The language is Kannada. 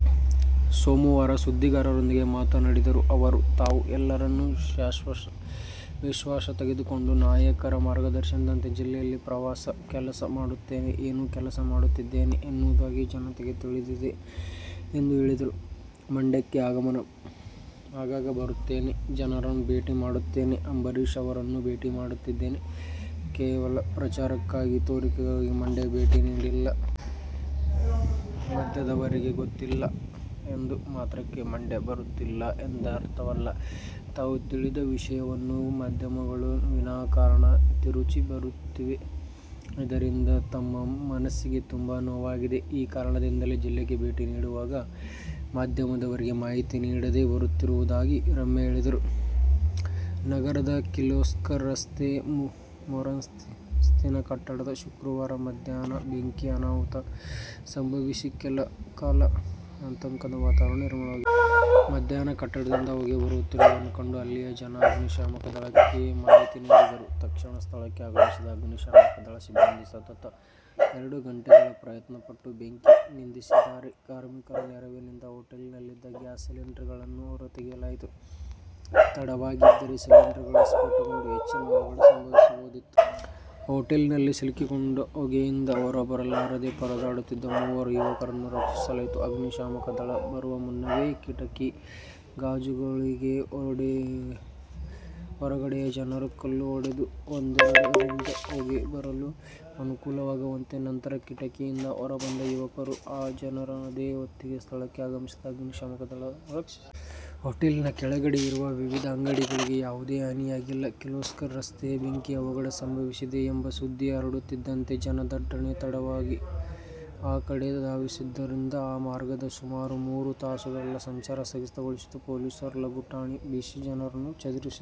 ಸೋಮವಾರ ಸುದ್ದಿಗಾರರೊಂದಿಗೆ ಮಾತನಾಡಿದ ಅವರು, ತಾವು ಎಲ್ಲರನ್ನೂ ವಿಶ್ವಾಸಕ್ಕೆ ತೆಗೆದುಕೊಂಡು ನಾಯಕರ ಮಾರ್ಗದರ್ಶನದಂತೆ ಜಿಲ್ಲೆಯಲ್ಲಿ ಪ್ರವಾಸ, ಕೆಲಸ ಮಾಡುತ್ತಿದ್ದೇನೆ. ಏನು ಕೆಲಸ ಮಾಡುತ್ತಿದ್ದೇನೆ ಎನ್ನುವುದು ಜನತೆಗೆ ತಿಳಿದಿದೆ ಎಂದು ಹೇಳಿದರು. ಮಂಡ್ಯಕ್ಕೆ ಆಗಾಗ ಬರುತ್ತಿರುತ್ತೇನೆ. ಜನರನ್ನು ಭೇಟಿ ಮಾಡುತ್ತಿದ್ದೇನೆ. ಅಂಬರೀಶ್ ಅವರನ್ನೂ ಭೇಟಿ ಮಾಡಿದ್ದೇನೆ. ಕೇವಲ ಪ್ರಚಾರಕ್ಕಾಗಿ, ತೋರಿಕೆಗಾಗಿ ಮಂಡ್ಯಕ್ಕೆ ಭೇಟಿ ನೀಡುತ್ತಿಲ್ಲ. ಮಾಧ್ಯಮದವರಿಗೆ ಗೊತ್ತಾಗಲಿಲ್ಲ ಎಂದ ಮಾತ್ರಕ್ಕೆ ಮಂಡ್ಯಕ್ಕೆ ಬರುತ್ತಿಲ್ಲ ಎಂದರ್ಥವಲ್ಲ. ತಾವು ಹೇಳಿದ ವಿಷಯವನ್ನು ಮಾಧ್ಯಮಗಳು ವಿನಾ ಕಾರಣ ತಿರುಚಿ ಬರೆಯುತ್ತಿವೆ. ಇದರಿಂದ ತಮ್ಮ ಮನಸ್ಸಿಗೆ ತುಂಬಾ ನೋವಾಗಿದೆ. ಈ ಕಾರಣದಿಂಲೇ ಜಿಲ್ಲೆಗೆ ಭೇಟಿ ನೀಡುವಾಗ ಮಾಧ್ಯಮದವರಿಗೆ ಮಾಹಿತಿ ನೀಡದೆ ಬರುತ್ತಿರುವುದಾಗಿ ರಮ್ಯಾ ಹೇಳಿದರು. ನಗರದ ಕಿರ್ಲೋಸ್ಕರ್ ರಸ್ತೆಯ ಮೂರಂತಸ್ತಿನ ಕಟ್ಟಡದಲ್ಲಿ ಶುಕ್ರವಾರ ಮಧ್ಯಾಹ್ನ ಬೆಂಕಿ ಅನಾಹುತ ಸಂಭವಿಸಿ ಕೆಲ ಕಾಲ ಆತಂಕದ ವಾತಾವರಣ ನಿರ್ಮಾಣವಾಗಿತ್ತು. ಮಧ್ಯಾಹ್ನ ಕಟ್ಟಡದಿಂದ ಹೊಗೆ ಬರುತ್ತಿರುವುದನ್ನು ಕಂಡ ಅಲ್ಲಿಯ ಜನ ಅಗ್ನಿಶಾಮಕ ದಳಕ್ಕೆ ಮಾಹಿತಿ ನೀಡಿದರು. ತಕ್ಷಣ ಸ್ಥಳಕ್ಕೆ ಆಗಮಿಸಿದ ಅಗ್ನಿಶಾಮಕ ದಳದ ಸಿಬ್ಬಂದಿ ಸತತ ಎರಡು ಗಂಟೆ ಪ್ರಯತ್ನ ಪಟ್ಟು ಬೆಂಕಿ ನಂದಿಸಿದ್ದಾರೆ. ಕಾರ್ಮಿಕರ ನೆರವಿನಿಂದ ಹೊಟೇಲ್ನಲ್ಲಿದ್ದ ಗ್ಯಾಸ್ ಸಿಲಿಂಡರ್ಗಳನ್ನು ಹೊರ ತರಲಾಯಿತು. ತಡವಾಗಿದ್ದರೆ ಸಿಲಿಂಡರ್ಗಳು ಸ್ಫೋಟಗೊಂಡು ಹೆಚ್ಚಿನ ಅವಘಡ ಸಂಭವಿಸಬಹುದಿತ್ತು. ಹೊಟೇಲ್ನಲ್ಲಿ ಸಿಕ್ಕಿಕೊಂಡು ಹೊಗೆಯಿಂದ ಹೊರ ಬರಲಾರದೇ ಪರದಾಡುತ್ತಿದ್ದ ಮೂವರು ಯುವಕರನ್ನು ರಕ್ಷಿಸಲಾಯಿತು. ಅಗ್ನಿ ಶಾಮಕ ದಳ ಬರುವ ಮುನ್ನವೇ ಕಿಟಕಿ ಗಾಜುಗಳಿಗೆ ಹೊರಗಡೆಯ ಜನರು ಕಲ್ಲು ಹೊಡೆದು ಒಡೆದಿದ್ದರಿಂದ ಹೊಗೆ ಹೊರಬರಲು ಅನುಕೂಲವಾಗಿದೆ. ನಂತರ ಕಿಟಕಿಯಿಂದ ಹೊರಬಂದ ಯುವಕರು ಹಾಗೂ ಜನರನ್ನು ಅದೇ ಹೊತ್ತಿಗೆ ಸ್ಥಳಕ್ಕೆ ಆಗಮಿಸಿದ ಅಗ್ನಿಶಾಮಕ ದಳದವರು ರಕ್ಷಿಸಿದರು. ಹೊಟೇಲ್ ಕೆಳಗಡೆ ಇರುವ ವಿವಿಧ ಅಂಗಡಿಗಳಿಗೆ ಯಾವುದೇ ಹಾನಿಯಾಗಿಲ್ಲ. ಕಿರ್ಲೋಸ್ಕರ್ ರಸ್ತೆಯಲ್ಲಿ ಬೆಂಕಿ ಅವಘಡ ಸಂಭವಿಸಿದೆ ಎಂಬ ಸುದ್ದಿ ಹರಡುತ್ತಿದ್ದಂತೆ ಜನ ತಂಡೋಪ ತಂಡವಾಗಿ ಆ ಕಡೆ ಧಾವಿಸಿದ್ದರಿಂದ ಆ ಮಾರ್ಗದಲ್ಲಿ ಸುಮಾರು ಮೂರು ತಾಸುಗಳ ಕಾಲ ಸಂಚಾರ ಸ್ಥಗಿತಗೊಂಡಿತು. ಪೊಲೀಸರು ಲಘು ಲಾಠಿ ಬೀಸಿ ಜನರನ್ನು ಚದುರಿಸಿದರು.